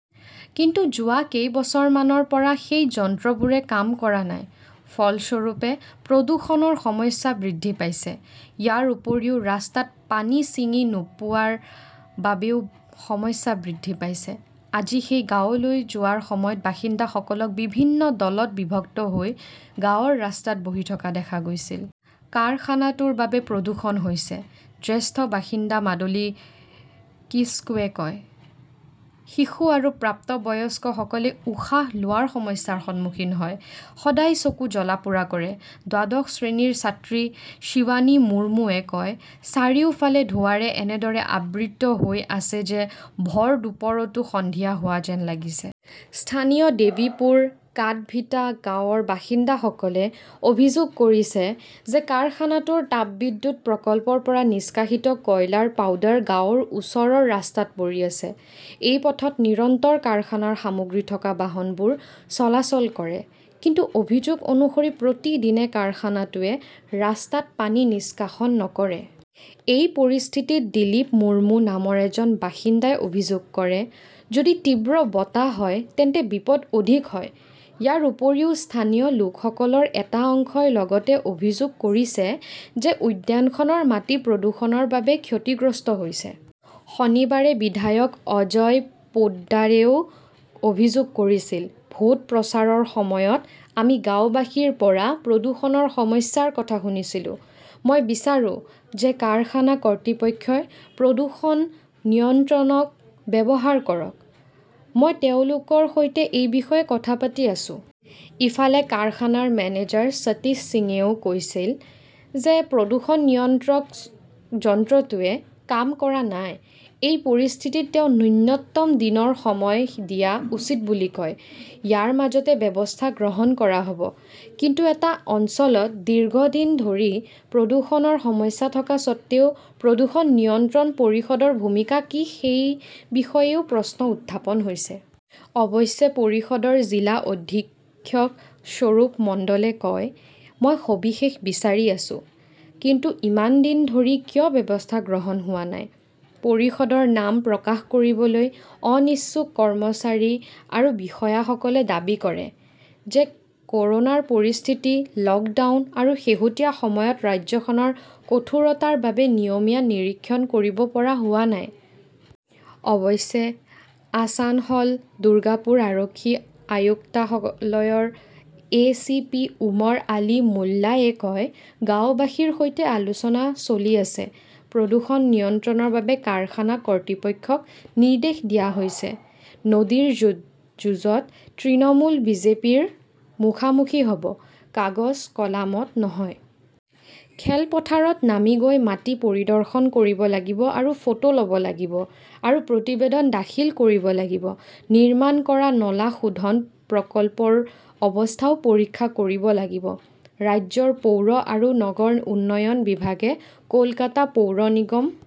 কিন্তু যোৱা কেইবছৰমানৰ পৰা সেই যন্ত্ৰবোৰে কাম কৰা নাই। ফলস্বৰূপে, প্ৰদূষণৰ সমস্যা বৃদ্ধি পাইছে। ইয়াৰ উপৰিও, ৰাস্তাত পানী ছিঙি নোপোৱাৰ বাবেও সমস্যা বৃদ্ধি পাইছে। আজি সেই গাঁৱলৈ যোৱাৰ সময়ত বাসিন্দাসকলক বিভিন্ন দলত বিভক্ত হৈ গাঁৱৰ ৰাস্তাত বহি থকা দেখা গৈছিল। "কাৰখানাটোৰ বাবে প্ৰদূষণ হৈছে", জ্যেষ্ঠ বাসিন্দা মাদলি কিস্কুৱে কয়। শিশু আৰু প্ৰাপ্তবয়স্কসকলে উশাহ লোৱাৰ সমস্যাৰ সন্মুখীন হয়। সদায় চকু জ্বলা-পোৰা কৰে। দ্বাদশ শ্ৰেণীৰ ছাত্ৰী শিৱানী মুৰ্মুৱে কয়, "চাৰিওফালে ধোঁৱাৰে এনেদৰে আবৃত হৈ আছে যে ভৰদুপুৰতো সন্ধিয়া হোৱা যেন লাগিছে। "স্থানীয় দেৱীপুৰ, কাদভিটা গাঁৱৰ বাসিন্দাসকলে অভিযোগ কৰিছে যে কাৰখানাটোৰ তাপবিদ্যুৎ প্ৰকল্পৰ পৰা নিষ্কাশিত কয়লাৰ পাউডাৰ গাঁৱৰ ওচৰৰ ৰাস্তাত পৰি আছে। এই পথত নিৰন্তৰ কাৰখানাৰ সামগ্ৰী থকা বাহনবোৰ চলাচল কৰে। কিন্তু অভিযোগ অনুসৰি প্ৰতিদিনে কাৰখানাটোৱে ৰাস্তাত পানী নিষ্কাশন নকৰে। এই পৰিস্থিতিত দিলীপ মুৰ্মু নামৰ এজন বাসিন্দাই অভিযোগ কৰে, "যদি তীব্ৰ বতাহ হয় তেন্তে বিপদ অধিক হয়। "ইয়াৰ উপৰিও, স্থানীয় লোকসকলৰ এটা অংশই লগতে অভিযোগ কৰিছে যে উদ্যানখনৰ মাটি প্ৰদূষণৰ বাবে ক্ষতিগ্ৰস্ত হৈছে। শনিবাৰে বিধায়ক অজয় পোদ্দাৰেও অভিযোগ কৰিছিল, "ভোট প্ৰচাৰৰ সময়ত আমি গাওঁবাসীৰ পৰা প্ৰদূষণৰ সমস্যাৰ কথা শুনিছিলোঁ। মই বিচাৰো যে কাৰখানা কৰ্তৃপক্ষই প্ৰদূষণ নিয়ন্ত্ৰক ব্যৱহাৰ কৰক। মই তেওঁলোকৰ সৈতে এই বিষয়ে কথা পাতি আছো। "ইফালে, কাৰখানাৰ মেনেজাৰ সতীশ সিঙেও কৈছিল যে প্ৰদূষণ নিয়ন্ত্ৰক যন্ত্ৰটোৱে কাম কৰা নাই। এই পৰিস্থিতিত তেওঁ ন্যূনতম দিনৰ সময় দিয়া উচিত বুলি কয়। ইয়াৰ মাজতে ব্যৱস্থা গ্ৰহণ কৰা হ "ব। কিন্তু এটা অঞ্চলত দীৰ্ঘদিন ধৰি প্ৰদূষণৰ সমস্যা থকা স্বত্বেও প্ৰদূষণ নিয়ন্ত্ৰণ পৰিষদৰ ভূমিকা কি সেই বিষয়েও প্ৰশ্ন উত্থাপন হৈছে। অৱশ্যে, পৰিষদৰ জিলা অধীক্ষক স্বৰূপ মণ্ডলে কয়, "মই সবিশেষ বিচাৰি আছো। "কিন্তু ইমান দিন ধৰি কিয় ব্যৱস্থা গ্ৰহণ কৰা হোৱা নাই? পৰিষদৰ নাম প্ৰকাশ কৰিবলৈ অনিচ্ছুক কৰ্মচাৰী আৰু বিষয়াসকলে দাবী কৰে যে ক "ৰোনাৰ পৰিস্থিতি, লকডাউন আৰু শেহতীয়া সময়ত ৰাজ্যখনৰ কঠোৰতাৰ বাবে নিয়মীয়া নিৰীক্ষণ কৰিব পৰা হোৱা নাই। অৱশ্যে, আছানসল-দুৰ্গাপুৰ আৰক্ষী আয়ুক্তালয়ৰ এ. চি. পি. ওমৰ আলী মোল্লাৱে কয়, "গাওঁবাসীৰ সৈতে আলোচনা চলি আছে। প্ৰদূষণ নিয়ন্ত্ৰণৰ বাবে কাৰখানা কৰ্তৃপক্ষক নিৰ্দেশ দিয়া হৈছে। "। "নদীৰ যুঁজত তৃণমূল-বিজেপিৰ মুখামুখি হ" ব! "। কাগজ-কলামত নহয়। খেলপথাৰত নামি গৈ মাটি পৰিদৰ্শন কৰিব লাগিব আৰু ফটো ল "ব লাগিব আৰু প্ৰতিবেদন দাখিল কৰিব লাগিব। নিৰ্মাণ কৰা নলা শোধন প্ৰকল্প ৰ অৱস্থাও পৰীক্ষা কৰিব লাগিব। ৰাজ্যৰ পৌৰ আৰু নগৰ উন্নয়ন বিভাগে কলকাতা পৌৰ নিগম,